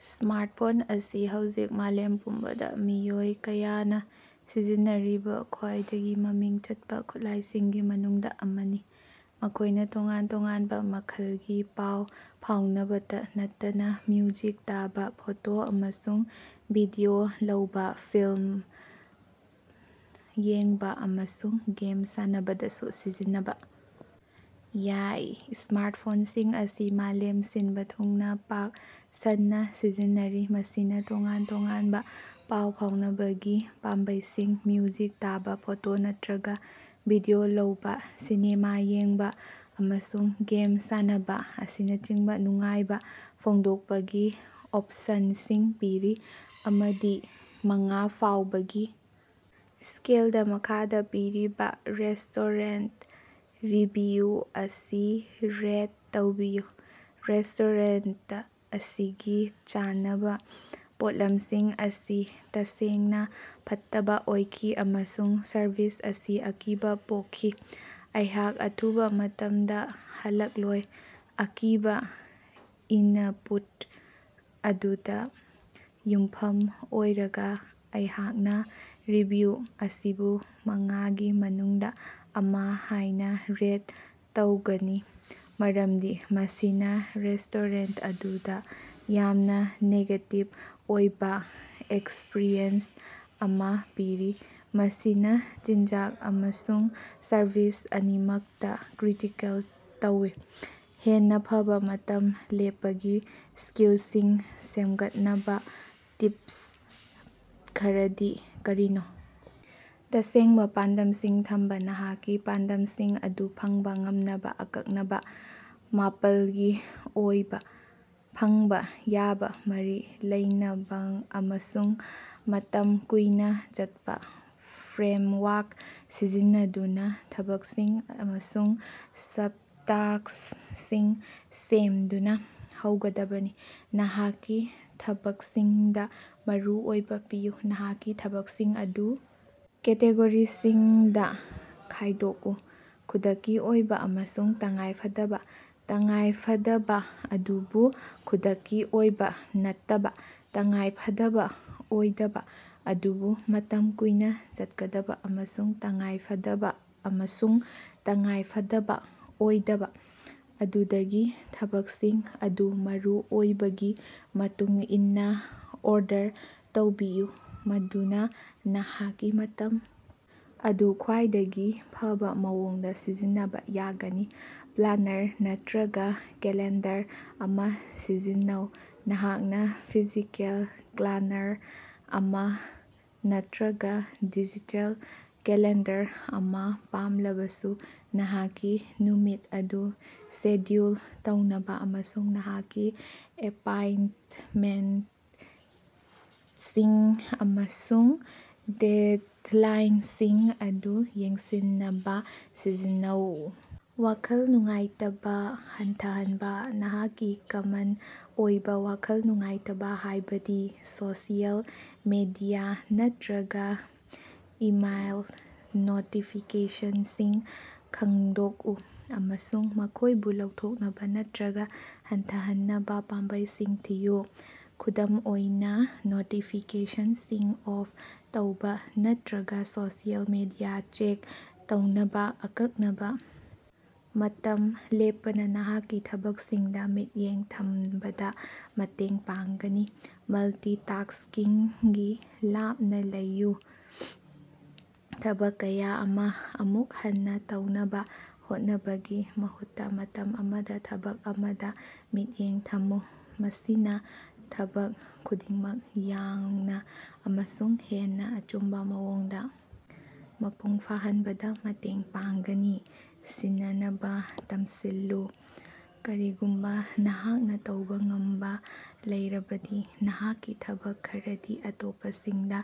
Smartphone ꯑꯁꯤ ꯍꯧꯖꯤꯛ ꯃꯥꯂꯦꯝ ꯄꯨꯝꯕꯗ ꯃꯤꯑꯣꯏ ꯀꯌꯥꯅ ꯁꯤꯖꯤꯟꯅꯔꯤꯕ ꯈ꯭ꯋꯥꯏꯗꯒꯤ ꯃꯃꯤꯡ ꯆꯠꯄ ꯈꯨꯠꯂꯥꯏꯁꯤꯡꯒꯤ ꯃꯅꯨꯡꯗ ꯑꯃꯅꯤ꯫ ꯃꯈꯣꯏꯅ ꯇꯣꯉꯥꯟ ꯇꯣꯉꯥꯟꯕ ꯃꯈꯜꯒꯤ ꯄꯥꯎ ꯐꯥꯎꯅꯕꯇ ꯅꯠꯇꯅ ꯃ꯭ꯌꯨꯖꯤꯛ ꯇꯥꯕ, ꯐꯣꯇꯣ ꯑꯃꯁꯨꯡ ꯚꯤꯗꯤꯑꯣ ꯂꯧꯕ ꯐꯤꯜꯂꯝ ꯌꯦꯡꯕ ꯑꯃꯁꯨꯡ ꯒꯦꯝ ꯁꯥꯟꯅꯕꯗꯁꯨ ꯁꯤꯖꯤꯟꯅꯕ ꯌꯥꯏ꯫ ꯁ꯭ꯃꯥꯔꯠꯐꯣꯟꯁꯤꯡ ꯑꯁꯤ ꯃꯥꯂꯦꯝ ꯁꯤꯟꯕ ꯊꯨꯡꯅ ꯄꯥꯛ ꯁꯟꯅ ꯁꯤꯖꯤꯟꯅꯔꯤ꯫ ꯃꯁꯤꯅ ꯇꯣꯉꯥꯟ ꯇꯣꯉꯥꯟꯕ ꯄꯥꯎ ꯐꯥꯎꯅꯕꯒꯤ ꯄꯥꯝꯕꯩꯁꯤꯡ, ꯃ꯭ꯌꯨꯖꯤꯛ ꯇꯥꯕ ꯐꯣꯇꯣ ꯅꯠꯇ꯭ꯔꯒ ꯚꯤꯗꯤꯑꯣ ꯂꯧꯕ ꯁꯤꯅꯦꯃꯥ ꯌꯦꯡꯕ ꯑꯃꯁꯨꯡ ꯒꯦꯝ ꯁꯥꯟꯅꯕ ꯑꯁꯤꯅꯆꯤꯡꯕ ꯅꯨꯡꯉꯥꯏꯕ ꯐꯣꯡꯗꯣꯛꯄꯒꯤ ꯑꯣꯐꯁꯟꯁꯤꯡ ꯄꯤꯔꯤ꯫ ꯑꯃꯗꯤ ꯃꯉꯥꯐꯥꯎꯕꯒꯤ ꯁ꯭ꯀꯦꯜꯗ ꯃꯈꯥꯗ ꯄꯤꯔꯤꯕ ꯔꯦꯁ꯭ꯇꯣꯔꯦꯟꯇ ꯔꯤꯚꯤꯌꯨ ꯑꯁꯤ ꯔꯦꯠ ꯇꯧꯕꯤꯌꯨ꯫ "ꯔꯦꯁ꯭ꯇꯣꯔꯦꯟꯇ ꯑꯁꯤꯒꯤ ꯆꯥꯅꯕ ꯄꯣꯠꯂꯝꯁꯤꯡ ꯑꯁꯤ ꯇꯁꯦꯡꯅ ꯐꯠꯇꯕ ꯑꯣꯏꯈꯤ ꯑꯃꯁꯨꯡ ꯁꯔꯕꯤꯁ ꯑꯁꯤ ꯑꯀꯤꯕ ꯄꯣꯛꯈꯤ꯫ ꯑꯩꯍꯥꯛ ꯑꯊꯨꯕ ꯃꯇꯝꯗ ꯍꯜꯂꯛꯂꯣꯏ꯫" ꯑꯀꯤꯕ ꯏꯅꯄꯨꯠ ꯑꯗꯨꯗ ꯌꯨꯝꯐꯝ ꯑꯣꯏꯔꯒ ꯑꯩꯍꯥꯛꯅ ꯔꯤꯚꯤꯌꯨ ꯑꯁꯤꯕꯨ ꯃꯉꯥꯒꯤ ꯃꯅꯨꯡꯗꯥ ꯑꯃ ꯍꯥꯏꯅ ꯔꯦꯠ ꯇꯧꯒꯅꯤ ꯃꯔꯝꯗꯤ ꯃꯁꯤꯅ ꯔꯦꯁ꯭ꯇꯣꯔꯦꯟꯇ ꯑꯗꯨꯗ ꯌꯥꯝꯅ ꯅꯦꯒꯦꯇꯤꯕ ꯑꯣꯏꯕ ꯑꯦꯛꯁꯄꯔꯤꯌꯦꯟꯁ ꯑꯃꯥ ꯄꯤꯔꯤ꯫ ꯃꯁꯤꯅ ꯆꯤꯟꯖꯥꯛ ꯑꯃꯁꯨꯡ ꯁꯔꯕꯤꯁ ꯑꯅꯤꯃꯛꯇ ꯀ꯭ꯔꯤꯇꯤꯀꯦꯜ ꯇꯧꯏ꯫ ꯍꯦꯟꯅ ꯐꯕ ꯃꯇꯝ ꯂꯦꯞꯄꯒꯤ ꯁ꯭ꯀꯤꯜꯁꯤꯡ ꯁꯦꯝꯒꯠꯅꯕ ꯇꯤꯄꯁ ꯈꯔꯗꯤ ꯀꯔꯤꯅꯣ? ꯇꯁꯦꯡꯕ ꯄꯥꯟꯗꯝꯁꯤꯡ ꯊꯝꯕ: ꯅꯍꯥꯛꯀꯤ ꯄꯥꯟꯗꯝꯁꯤꯡ ꯑꯗꯨ ꯐꯪꯕ ꯉꯝꯅꯕ ꯑꯀꯛꯅꯕ, ꯃꯥꯄꯜꯒꯤ ꯑꯣꯏꯕ, ꯐꯪꯕ ꯌꯥꯕ ꯃꯔꯤ ꯂꯩꯅꯕ ꯑꯃꯁꯨꯡ ꯃꯇꯝ ꯀꯨꯏꯅ ꯆꯠꯄ ꯐ꯭ꯔꯦꯃꯋꯥꯔꯛ ꯁꯤꯖꯤꯟꯅꯗꯨꯅ ꯊꯕꯛꯁꯤꯡ ꯑꯃꯁꯨꯡ ꯁꯕꯇꯥꯁ꯭ꯛꯁꯤꯡ ꯁꯦꯝꯗꯨꯅ ꯍꯧꯒꯗꯕꯅꯤ꯫ ꯅꯍꯥꯛꯀꯤ ꯊꯕꯛꯁꯤꯡꯗ ꯃꯔꯨ ꯑꯣꯏꯕ ꯄꯤꯌꯨ: ꯅꯍꯥꯛꯀꯤ ꯊꯕꯛꯁꯤꯡ ꯑꯗꯨ ꯀꯦꯇꯦꯒꯣꯔꯤꯁꯤꯡꯗ ꯈꯥꯏꯗꯣꯛꯎ: ꯈꯨꯗꯛꯀꯤ ꯑꯣꯏꯕ ꯑꯃꯁꯨꯡ ꯇꯉꯥꯏꯐꯗꯕ, ꯇꯉꯥꯏꯐꯗꯕ ꯑꯗꯨꯕꯨ ꯈꯨꯗꯛꯀꯤ ꯑꯣꯏꯕ ꯅꯠꯇꯕ, ꯇꯉꯥꯏꯐꯗꯕ ꯑꯣꯏꯗꯕ ꯑꯗꯨꯕꯨ ꯃꯇꯝ ꯀꯨꯏꯅ ꯆꯠꯀꯗꯕ, ꯑꯃꯁꯨꯡ ꯇꯉꯥꯏꯐꯗꯕ ꯑꯃꯁꯨꯡ ꯇꯉꯥꯏꯐꯗꯕ ꯑꯣꯏꯗꯕ꯫ ꯑꯗꯨꯗꯒꯤ ꯊꯕꯛꯁꯤꯡ ꯑꯗꯨ ꯃꯔꯨꯑꯣꯏꯕꯒꯤ ꯃꯇꯨꯡ ꯏꯟꯅ ꯑꯣꯔꯗꯔ ꯇꯧꯕꯤꯌꯨ ꯃꯗꯨꯅ ꯅꯍꯥꯛꯀꯤ ꯃꯇꯝ ꯑꯗꯨ ꯈ꯭ꯋꯥꯏꯗꯒꯤ ꯐꯕ ꯃꯑꯣꯡꯗ ꯁꯤꯖꯤꯟꯅꯕ ꯌꯥꯒꯅꯤ꯫ ꯄ꯭ꯂꯥꯅꯔ ꯅꯠꯇ꯭ꯔꯒ ꯀꯦꯂꯦꯟꯗꯔ ꯑꯃ ꯁꯤꯖꯤꯟꯅꯧ: ꯅꯍꯥꯛꯅ ꯐꯤꯖꯤꯀꯦꯜ ꯄ꯭ꯂꯥꯅꯔ ꯑꯃ ꯅꯠꯇ꯭ꯔꯒ ꯗꯤꯖꯤꯇꯦꯜ ꯀꯦꯂꯦꯟꯗꯔ ꯑꯃ ꯄꯥꯝꯂꯕꯁꯨ ꯅꯍꯥꯛꯀꯤ ꯅꯨꯃꯤꯠ ꯑꯗꯨ ꯁꯦꯗ꯭ꯌꯨꯜ ꯇꯧꯅꯕ ꯑꯃꯁꯨꯡ ꯅꯍꯥꯛꯀꯤ ꯑꯦꯄꯥꯏꯟꯇꯃꯦꯟꯇꯁꯤꯡ ꯑꯃꯁꯨꯡ ꯗꯦꯗꯂꯥꯏꯟꯁꯤꯡ ꯑꯗꯨ ꯌꯦꯡꯁꯤꯟꯅꯕ ꯁꯤꯖꯤꯟꯅꯧ꯫ ꯋꯥꯈꯜ ꯅꯨꯡꯉꯥꯏꯇꯕ ꯍꯟꯊꯍꯟꯕ: ꯅꯍꯥꯛꯀꯤ ꯀꯃꯟ ꯑꯣꯏꯕ ꯋꯥꯈꯜ ꯅꯨꯡꯉꯥꯏꯇꯕ ꯍꯥꯏꯕꯗꯤ ꯁꯣꯁꯤꯑꯦꯜ ꯃꯦꯗꯤꯌꯥ ꯅꯠꯇꯔꯒ ꯏꯃꯦꯏꯜ ꯅꯣꯇꯤꯐꯤꯀꯦꯁꯟꯁꯤꯡ ꯈꯪꯗꯣꯛꯎ ꯑꯃꯁꯨꯡ ꯃꯈꯣꯏꯕꯨ ꯂꯧꯊꯣꯛꯅꯕ ꯅꯠꯇ꯭ꯔꯒ ꯍꯟꯊꯍꯟꯅꯕ ꯄꯥꯝꯕꯩꯁꯤꯡ ꯊꯤꯌꯨ꯫ ꯈꯨꯗꯝ ꯑꯣꯏꯅ ꯅꯣꯇꯤꯐꯤꯀꯦꯁꯟꯁꯤꯡ ꯑꯣꯐ ꯇꯧꯕ ꯅꯠꯇ꯭ꯔꯒ ꯁꯣꯁꯤꯑꯦꯜ ꯃꯦꯗꯤꯌꯥ ꯆꯦꯛ ꯇꯧꯅꯕ ꯑꯀꯛꯅꯕ ꯃꯇꯝ ꯂꯦꯞꯄꯅ ꯅꯍꯥꯛꯀꯤ ꯊꯕꯛꯁꯤꯡꯗ ꯃꯤꯠꯌꯦꯡ ꯊꯝꯕꯗ ꯃꯇꯦꯡ ꯄꯥꯡꯒꯅꯤ꯫ ꯃꯜꯇꯤꯇꯥꯁ꯭ꯀꯤꯡꯒꯤ ꯂꯥꯞꯅꯥ ꯂꯩꯌꯨ: ꯊꯕꯛ ꯀꯌꯥ ꯑꯃ ꯑꯃꯨꯛ ꯍꯟꯅ ꯇꯧꯅꯕ ꯍꯣꯠꯅꯕꯒꯤ ꯃꯍꯨꯠꯇ ꯃꯇꯝ ꯑꯃꯗ ꯊꯕꯛ ꯑꯃꯗ ꯃꯤꯠꯌꯦꯡ ꯊꯝꯃꯨ꯫ ꯃꯁꯤꯅ ꯊꯕꯛ ꯈꯨꯗꯤꯡꯃꯛ ꯌꯥꯡꯅ ꯑꯃꯁꯨꯡ ꯍꯦꯟꯅ ꯑꯆꯨꯝꯕ ꯃꯑꯣꯡꯗ ꯃꯄꯨꯡ ꯐꯥꯍꯟꯕꯗ ꯃꯇꯦꯡ ꯄꯥꯡꯒꯅꯤ꯫ ꯁꯤꯟꯅꯅꯕ ꯇꯝꯁꯤꯜꯂꯨ: ꯀꯔꯤꯒꯨꯝꯕ ꯅꯍꯥꯛꯅ ꯇꯧꯕ ꯉꯝꯕ ꯂꯩꯔꯕꯗꯤ ꯅꯍꯥꯛꯀꯤ ꯊꯕꯛ ꯈꯔꯗꯤ ꯑꯇꯣꯞꯄꯁꯤꯡꯗꯥ꯫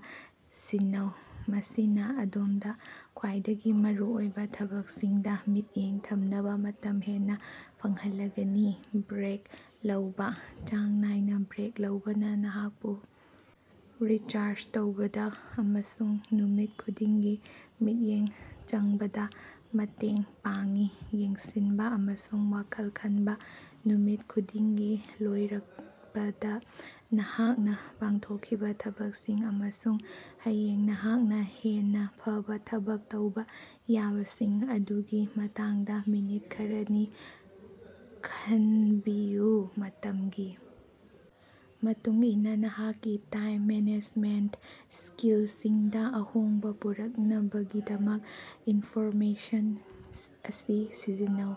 ꯁꯤꯟꯅꯧ꯫ ꯃꯁꯤꯅ ꯑꯗꯣꯝꯗ ꯈ꯭ꯋꯥꯏꯗꯒꯤ ꯃꯔꯨꯑꯣꯏꯕ ꯊꯕꯛꯁꯤꯡꯗ ꯃꯤꯠꯌꯦꯡ ꯊꯝꯅꯕ ꯃꯇꯝ ꯍꯦꯟꯅ ꯐꯪꯍꯜꯂꯒꯅꯤ꯫ ꯕ꯭ꯔꯦꯛ ꯂꯧꯕꯥ: ꯆꯥꯡ ꯅꯥꯏꯅ ꯕ꯭ꯔꯦꯛ ꯂꯧꯕꯅ ꯅꯍꯥꯛꯄꯨ ꯔꯤꯆꯥꯔꯖ ꯇꯧꯕꯗ ꯑꯃꯁꯨꯡ ꯅꯨꯃꯤꯠ ꯈꯨꯗꯤꯡꯒꯤ ꯃꯤꯠꯌꯦꯡ ꯆꯪꯕꯗ ꯃꯇꯦꯡ ꯄꯥꯡꯏ꯫ ꯌꯦꯡꯁꯤꯟꯕ ꯑꯃꯁꯨꯡ ꯋꯥꯈꯜ ꯈꯟꯕ: ꯅꯨꯃꯤꯠ ꯈꯨꯗꯤꯡꯒꯤ ꯂꯣꯏꯔꯛꯄꯗ, ꯅꯍꯥꯛꯅ ꯄꯥꯡꯊꯣꯛꯈꯤꯕ ꯊꯕꯛꯁꯤꯡ ꯑꯃꯁꯨꯡ ꯍꯌꯦꯡ ꯅꯍꯥꯛꯅ ꯍꯦꯟꯅ ꯐꯕ ꯊꯕꯛ ꯇꯧꯕ ꯌꯥꯕꯁꯤꯡ ꯑꯗꯨꯒꯤ ꯃꯇꯥꯡꯗ ꯃꯤꯅꯤꯠ ꯈꯔꯅꯤ ꯈꯟꯕꯤꯌꯨ꯫ ꯃꯇꯝꯒꯤ ꯃꯇꯨꯡꯏꯟꯅ ꯅꯍꯥꯛꯀꯤ ꯇꯥꯏꯝ ꯃꯦꯅꯦꯖꯃꯦꯟꯇ ꯁ꯭ꯀꯤꯜꯁꯤꯡꯗ ꯑꯍꯣꯡꯕ ꯄꯨꯔꯛꯅꯕꯒꯤꯗꯃꯛ ꯏꯅꯐꯣꯔꯃꯦꯁꯟ ꯑꯁꯤ ꯁꯤꯖꯤꯟꯅꯧ꯫